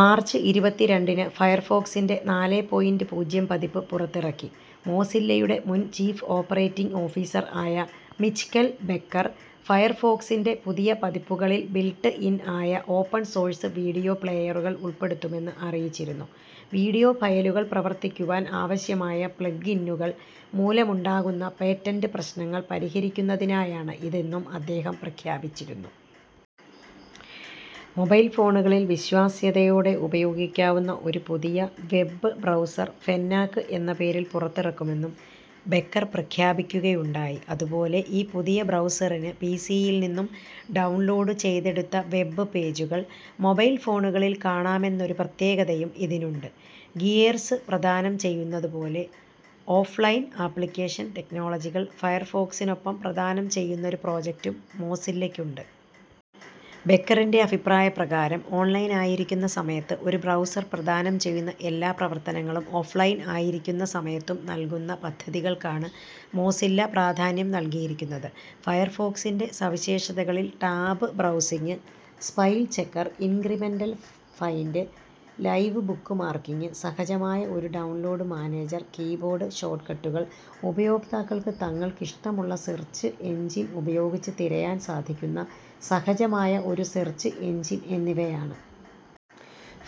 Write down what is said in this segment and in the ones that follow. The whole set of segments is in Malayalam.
മാർച്ച് ഇരുപത്തി രണ്ടിന് ഫയർഫോക്സിൻ്റെ നാലേ പോയിന്റ് പൂജ്യം പതിപ്പ് പുറത്തിറക്കി. മോസില്ലയുടെ മുൻ ചീഫ് ഓപ്പറേറ്റിംഗ് ഓഫീസർ ആയ മിച്ച്കെൽ ബെക്കർ, ഫയർഫോക്സിൻ്റെ പുതിയ പതിപ്പുകളിൽ ബിൽട്ട് ഇൻ ആയ ഓപ്പൺ സോഴ്സ് വീഡിയോ പ്ലേയറുകൾ ഉൾപ്പെടുത്തുമെന്ന് അറിയിച്ചിരുന്നു. വീഡിയോ ഫയലുകൾ പ്രവർത്തിക്കുവാൻ ആവശ്യമായ പ്ലഗ് ഇന്നുകൾ മൂലമുണ്ടകുന്ന പേറ്റന്റ് പ്രശ്നങ്ങൾ പരിഹരിക്കുന്നതിനായാണ് ഇതെന്നും അദ്ദേഹം പ്രഖ്യാപിച്ചിരുന്നു. മൊബൈൽ ഫോണുകളിൽ വിശ്വാസ്യതയോടെ ഉപയോഗിക്കാവുന്ന ഒരു പുതിയ വെബ്ബ് ബ്രൗസർ ഫെന്നാക് എന്ന പേരിൽ പുറത്തിറക്കുമെന്നും ബെക്കർ പ്രഖ്യാപിക്കുകയുണ്ടായി. അതുപോലെ ഈ പുതിയ ബ്രൗസറിന് പി സി യിൽ നിന്നും ഡൗൺലോഡ് ചെയ്തെടുത്ത വെബ്ബ് പേജുകൾ, മൊബൽഫോണുകളിൽ കാണാമെന്നൊരു പ്രത്യേകതയും ഇതിനുണ്ട്. ഗിയേർസ് പ്രദാനം ചെയ്യുന്നതു പോലെ ഓഫ്ലൈൻ ആപ്ലിക്കേഷൻ ടെക്നോളജികൾ ഫയർഫോക്സിനൊപ്പം പ്രദാനം ചെയ്യുന്നൊരു പ്രൊജക്ടും മോസില്ലക്കുണ്ട്. ബെക്കറിൻ്റെ അഭിപ്രായ പ്രകാരം ഓൺലൈൻ ആയിരിക്കുന്ന സമയത്ത് ഒരു ബ്രൗസർ പ്രദാനം ചെയ്യുന്ന എല്ലാ പ്രവർത്തനങ്ങളും ഓഫ്ലൈൻ ആയിരിക്കുന്ന സമയത്തും നൽകുന്ന പദ്ധതികൾക്കാണ് മോസില്ല പ്രാധാന്യം നൽകിയിരിക്കുന്നത്. ഫയർഫോക്സിൻ്റെ സവിശേഷതകളിൽ tab browsing, spell checker, incremental find, live bookmarking, സഹജമായ ഒരു ഡൗൺലോഡ് മാനേജർ, കീബോർഡ് ഷോട്ട്കട്ടുകൾ, ഉപയോക്താക്കൾക്ക് തങ്ങൾക്ക് ഇഷ്ടമുള്ള സെർച്ച് എഞ്ചിൻ ഉപയോഗിച്ച് തിരയാൻ സാധിക്കുന്ന സഹജമായ ഒരു സെർച്ച് എഞ്ചിൻ എന്നിവയാണ്.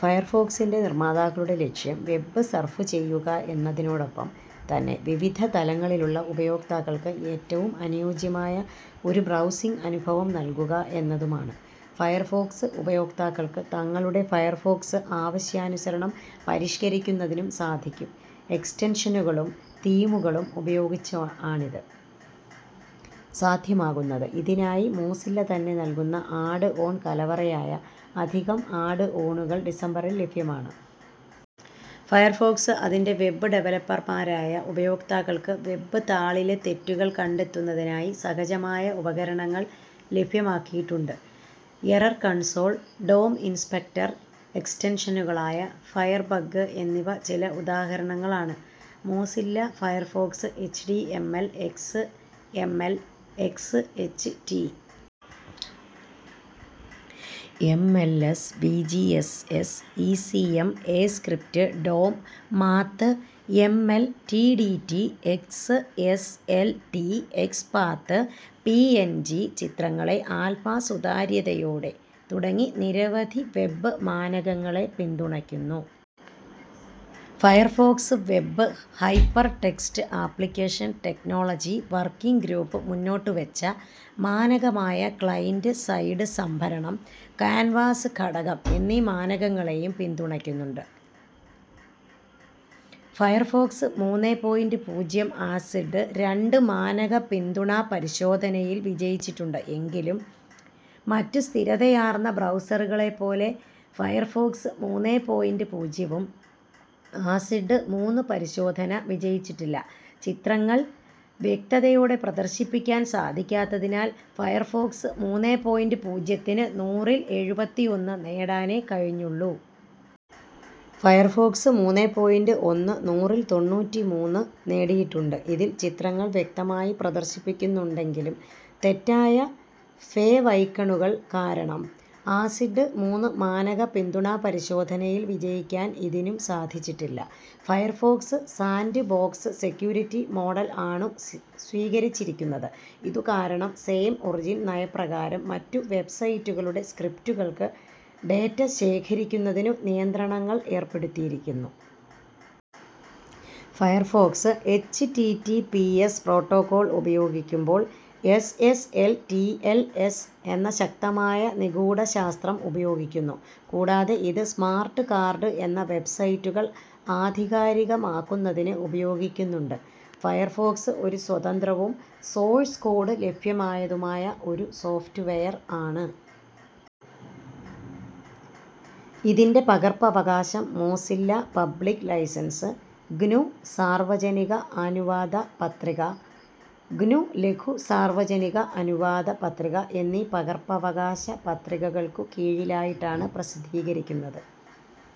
ഫയർഫോക്സിൻ്റെ നിർമ്മാതാക്കളുടെ ലക്ഷ്യം വെബ്ബ് സർഫ് ചെയ്യുക എന്നതിനോടൊപ്പം തന്നെ വിവിധ തലങ്ങളിലുള്ള ഉപയോക്താക്കൾക്ക് ഏറ്റവും അനുയോജ്യമായ ഒരു ബ്രൗസിങ്ങ് അനുഭവം നൽകുക എന്നതുമാണ്. ഫയർഫോക്സ് ഉപയോക്താക്കൾക്ക് തങ്ങളുടെ ഫയർഫോക്സ് ആവശ്യാനുസരണം പരിഷ്കരിക്കുന്നതിനും സാധിക്കും. എക്സ്റ്റൻഷനുകളും, തീമുകളും ഉപയോഗിച്ചാണിത് സാദ്ധ്യമാകുന്നത്. ഇതിനായി മോസില്ല തന്നെ നൽകുന്ന ആഡ് ഓൺ കലവറയായ അധികം ആഡ് ഓണുകൾ ഡിസംബറിൽ ലഭ്യമാണ്. ഫയർഫോക്സ് അതിന്റെ വെബ്ബ് ഡവലപ്പർമാരായ ഉപയോക്താക്കൾക്ക് വെബ്ബ് താളിലെ തെറ്റുകൾ കണ്ടെത്തുന്നതിനായി സഹജമായ ഉപകരണങ്ങൾ ലഭ്യമാക്കിയിട്ടുണ്ട്. എറർ കൺസോൾ, ഡോം ഇൻസ്പെക്ടർ എക്സ്റ്റൻഷനുകളായ ഫയർബഗ്ഗ് എന്നിവ ചില ഉദാഹരണങ്ങളാണ്. Mozilla Firefox H T M L, X M. L., X. H. T. M. L S. V. G. S. S., E. C. M. A script, DOM, math. M. L., D T D, X S L T, XPath, P N G ചിത്രങ്ങളെ ആൽഫാ സുതാര്യതയോടെ. തുടങ്ങി നിരവധി വെബ്ബ് മാനകങ്ങളെ പിന്തുണക്കുന്നു. Firefox web hypertext application technology working group മുന്നോട്ടു വെച്ച മാനകമായ ക്ലൈന്റ് സൈഡ് സംഭരണം, കാൻവാസ് ഘടകം എന്നീ മാനകങ്ങളെയും പിന്തുണക്കുന്നുണ്ട്. ഫയർഫോക്സ് മൂന്നേ പോയിന്റ് പൂജ്യം ആസിഡ് രണ്ട് മാനക പിന്തുണാപരിശോധനയിൽ വിജയിച്ചിട്ടുണ്ട്. എങ്കിലും, മറ്റു സ്ഥിരതയാർന്ന ബ്രൗസറുകളെപ്പോലെ ഫയർഫോക്സ് മൂന്നേ പോയിന്റ് പൂജ്യവും ആസിഡ് മൂന്ന് പരിശോധന വിജയിച്ചിട്ടില്ല; ചിത്രങ്ങൾ വ്യക്തതയോടെ പ്രദർശിപ്പിക്കാൻ സാധിക്കാത്തതിനാൽ ഫയർഫോക്സ് മൂന്നേ പോയിന്റ് പൂജ്യത്തിന് നൂറിൽ എഴുപത്തി ഒന്ന് നേടാനേ കഴിഞ്ഞുള്ളൂ. ഫയർഫോക്സ് മൂന്നേ പോയിന്റ് ഒന്ന് നൂറിൽ തൊണ്ണൂറ്റി മൂന്ന് നേടിയിട്ടുണ്ട്. ഇതിൽ ചിത്രങ്ങൾ വ്യക്തമായി പ്രദർശിപ്പിക്കുന്നുണ്ടെങ്കിലും തെറ്റായ ഫേവൈക്കണുകൾ കാരണം ആസിഡ് മൂന്ന് മാനക പിന്തുണാപരിശോധനയിൽ വിജയിക്കാൻ ഇതിനും സാധിച്ചിട്ടില്ല. ഫയർഫോക്സ് സാന്റ്ബോക്സ് സെക്യൂരിറ്റി മോഡൽ ആണു സ്വീകരിച്ചിരിക്കുന്നത്, ഇതു കാരണം സേം ഒറിജിൻ നയപ്രകാരം മറ്റു വെബ്ബ്സൈറ്റുകളുടെ സ്ക്രിപ്റ്റുകൾക്ക് ഡേറ്റ ശേഖരിക്കുന്നതിനു നിയന്ത്രണങ്ങൾ ഏർപ്പെടുത്തിരിക്കുന്നു. Firefox, H T T P S protocol ഉപയോഗിക്കുമ്പോൾ S S L T L S എന്ന ശക്തമായ നിഗൂഡശാസ്ത്രം ഉപയോഗിക്കുന്നു. കൂടാതെ ഇത് സ്മാർട്ട് കാർഡ് എന്ന വെബ്സൈറ്റുകൾ ആധികാരികമാക്കുന്നതിന് ഉപയോഗിക്കുന്നുണ്ട്. ഫയർഫോക്സ് ഒരു സ്വതന്ത്രവും, സോഴ്സ് കോഡ് ലഭ്യമായതുമായ ഒരു സോഫ്റ്റ് വെയർ ആണ്. ഇതിൻ്റെ പകർപ്പവകാശം മോസില്ല പബ്ലിക്ക് ലൈസൻസ്, ഗ്നു സാർവ്വജനിക അനുവാദ പത്രിക, ഗ്നു ലഘു സാർവ്വജനിക അനുവാദ പത്രിക എന്നീ പകർപ്പവകാശ പത്രികകൾക്കു കീഴിലായിട്ടാണ് പ്രസിദ്ധീകരിക്കുന്നത്.